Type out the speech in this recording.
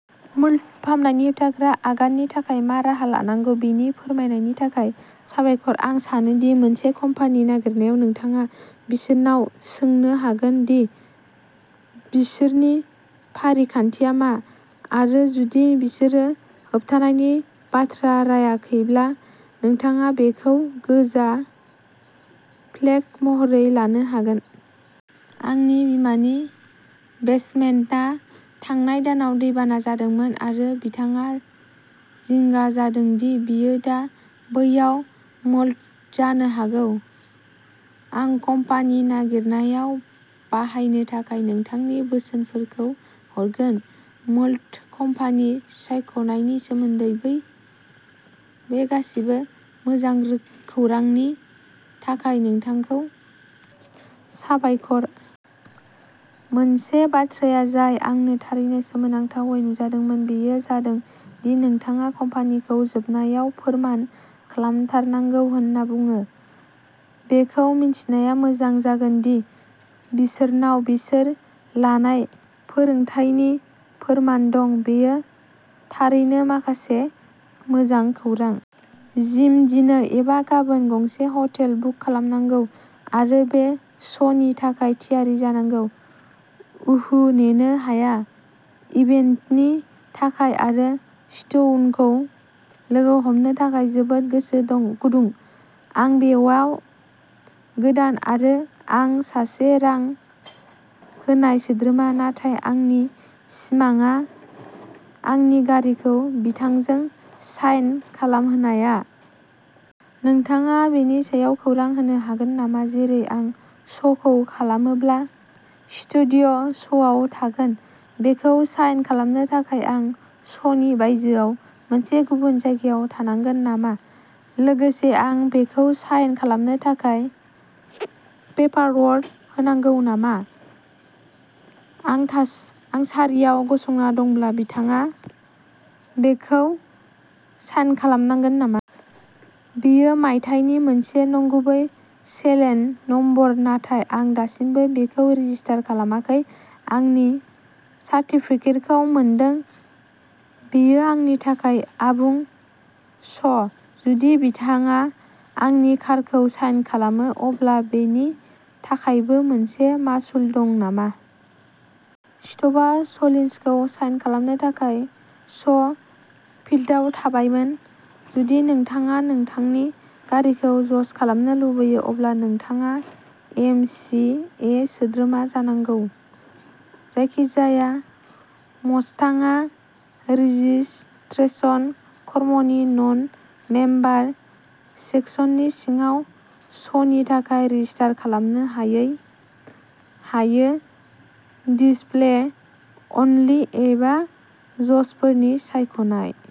Mould फाहामनायनि होबथाग्रा आगाननि थाखाय मा राहा लानांगौ बेखौ फोरमायनायनि थाखाय साबायखर। आं सानो दि मोनसे कम्पानि नागिरनायाव नोंथाङा बिसोरनाव सोंनो हागोन दि बिसोरनि फारिखान्थिआ मा, आरो जुदि बिसोरो होबथानायनि बाथ्रा रायाखैब्ला नोंथाङा बेखौ गोजा फ्लेग महरै लानो हागोन। आंनि बिमानि बेसमेन्टआ थांनाय दानाव दैबाना जादोंमोन आरो बिथाङा जिंगा जादों दि बियो दा बैयाव मोल्ड जानो हागौ। आं कम्पानी नागिरनायाव बाहायनो थाखाय नोंथांनि बोसोनफोरखौ हरगोन। मोल्ड कम्पानि सायख'नायनि सोमोन्दै बे गासैबो मोजां खौरांनि थाखाय नोंथांनो साबायखर! मोनसे बाथ्राया जाय आंनो थारैनो सोमोनांथावै नुजादोंमोन बेयो जादों दि नोंथाङा कम्पानिखौ जोबनायाव फोरमान खालामथारनांगौ होनना बुङो। बेखौ मिन्थिनाया मोजां जागोन दि बिसोरनाव बिसोर लानाय फोरोंथायनि फोरमान दं। बेयो थारैनो माखासे मोजां खौरां। जिम! दिनै एबा गाबोन गंसे हटेल बुक खालामनांगौ आरो बे श'नि थाखाय थियारि जानांगौ! उहु! नेनो हाया! इभेन्टनि थाखाय आरो स्टीवखौ लोगो हमनो थाखाय जोबोद गोसो गुदुं!! आं बेयाव गोदान आरो आं सासे रां होनाय सोद्रोमा, नाथाय आंनि सिमांआ आंनि गारिखौ बिथांजों साइन खालामहोनाया। नोंथाङा बेनि सायाव खौरां होनो हागोन नामा जेरै आं श'खौ खालामोब्ला स्टीव श'आव थागोन? बेखौ साइन खालामनो थाखाय आं श'नि बायजोआव मोनसे गुबुन जायगायाव थांनांगोन नामा? लोगोसे आं बेखौ साइन खालामनो थाखाय पेपारवर्क होनांगौ नामा, आं सारियाव गसंना दंब्ला बिथाङा बेखौ साइन खालामगोन नामा। बेयो मायथाइनि मोनसे नंगुबै सेलेन नम्बर नाथाय आं दासिमबो बेखौ रेजिस्टार खालामाखै, आंनि सार्टिफिकेटखौ मोनदों। बेयो आंनि थाखाय आबुं श ', जुदि बिथाङा आंनि कारखौ साइन खालामो, अब्ला बेनि थाखायबो मोनसे मासुल दं नामा? स्टिभआ सलिन्सखौ साइन खालामनो थाखाय श'फील्डआव थाबायगोन। जुदि नोंथाङा नोंथांनि गारिखौ जज खालामनो लुगैयो, अब्ला नोंथाङा एम. चि. ए. सोद्रोमा जानांगौ। जायखिजाया मस्टांआ रेजिस्ट्रेशन फर्मनि नन-मेम्बार सेक्सननि सिङाव श'नि थाखाय रेजिस्टार खालामनो हायो-डिसप्ले अनलि एबा जजफोरनि सायख'नाय।